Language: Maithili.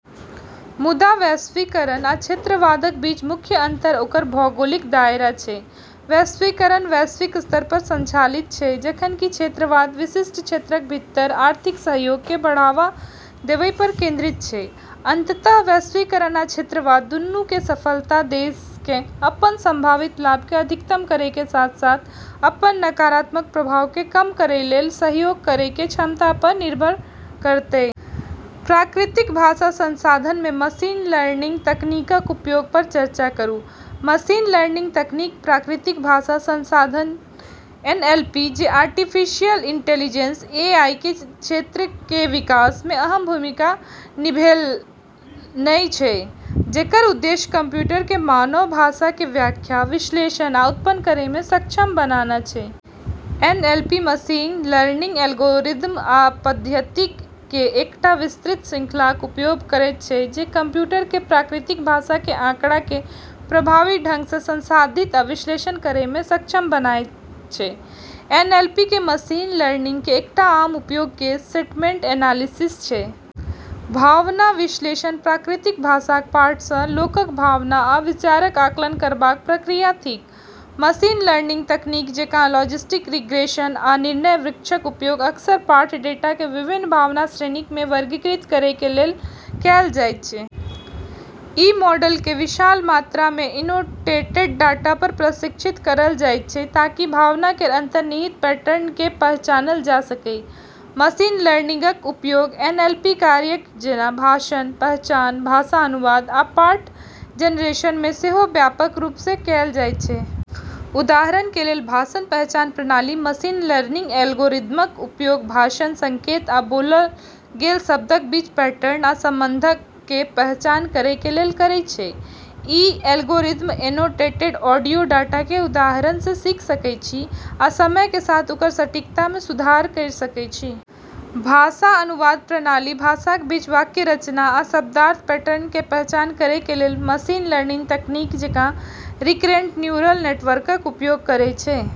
मुदा वैश्वीकरण आ क्षेत्रवादक बीच मुख्य अंतर ओकर भौगोलिक दायरा छै। वैश्वीकरण वैश्विक स्तर पर संचालित छै, जखन कि क्षेत्रवाद विशिष्ट क्षेत्रक भीतर आर्थिक सहयोगकें बढ़ावा देवै पर केंद्रित छै। अंततः वैश्वीकरण आ क्षेत्रवाद दूनू के सफलता देशकें अपन संभावित लाभकें अधिकतम करै के साथ-साथ अपन नकारात्मक प्रभावकें कम करै लेल सहयोग करै के क्षमता पर निर्भर करतै। प्राकृतिक भाषा संसाधन (एनएलपी) मे मशीन लर्निंग तकनीकक उपयोग पर चर्चा करूं। मशीन लर्निंग तकनीक प्राकृतिक भाषा संसाधन (एनएलपी), जे आर्टिफिशियल इंटेलिजेंस (एआई) केर क्षेत्र के विकास मे अहम भूमिका निभैलनए छै, जेकर उद्देश्य कंप्यूटरकें मानव भाषा के व्याख्या, विश्लेषण आ उत्पन्न करै मे सक्षम बनाना छै। एनएलपी मशीन लर्निंग एल्गोरिदम आ पद्धतियक के एकटा विस्तृत श्रृंखलाक उपयोग करयत छै जे कंप्यूटरकें प्राकृतिक भाषा के आंकड़ाकें प्रभावी ढंग सं संसाधित आ विश्लेषण करय मे सक्षम बनायत छै। एनएलपी मे मशीन लर्निंग के एकटा आम उपयोग केस सेंटमेंट एनालिसिस छै। भावना विश्लेषण प्राकृतिक भाषाक पाठ सँ लोकक भावना आ विचारक आकलन करबाक प्रक्रिया थिक। मशीन लर्निंग तकनीक जेना लॉजिस्टिक रिग्रेशन आ निर्णय वृक्षक उपयोग अक्सर पाठ डेटाकें विभिन्न भावना श्रेणीक मे वर्गीकृत करै के लेल कैल जाइत छै। ई मॉडलकें विशाल मात्रा मे एनोटेटेड डाटा पर प्रशिक्षित करलऽ जाइत छै ताकि भावना केर अंतर्निहित पैटर्नकें पहचानलऽ जा सकै। मशीन लर्निंगक उपयोग एनएलपी कार्यक जेना भाषण पहचान, भाषा अनुवाद, आ पाठ जनरेशन मे सेहो व्यापक रूप सं कैल जाइत छै। उदाहरण के लेल, भाषण पहचान प्रणाली मशीन लर्निंग एल्गोरिदमक उपयोग भाषण संकेत आ बोलल गेल शब्दक बीच पैटर्न आ संबंधककें पहचान करय के लेल करै छै। ई एल्गोरिदम एनोटेटेड ऑडियो डाटा के उदाहरण सँ सीखि सकै छै आ समय के साथ ओकर सटीकता मे सुधार करि सकै छै। भाषा अनुवाद प्रणाली भाषाक बीच वाक्य रचना आ शब्दार्थ पैटर्नकें पहचान करय के लेल मशीन लर्निंग तकनीक जेना रिकरेंट न्यूरल नेटवर्कक उपयोग करै छै।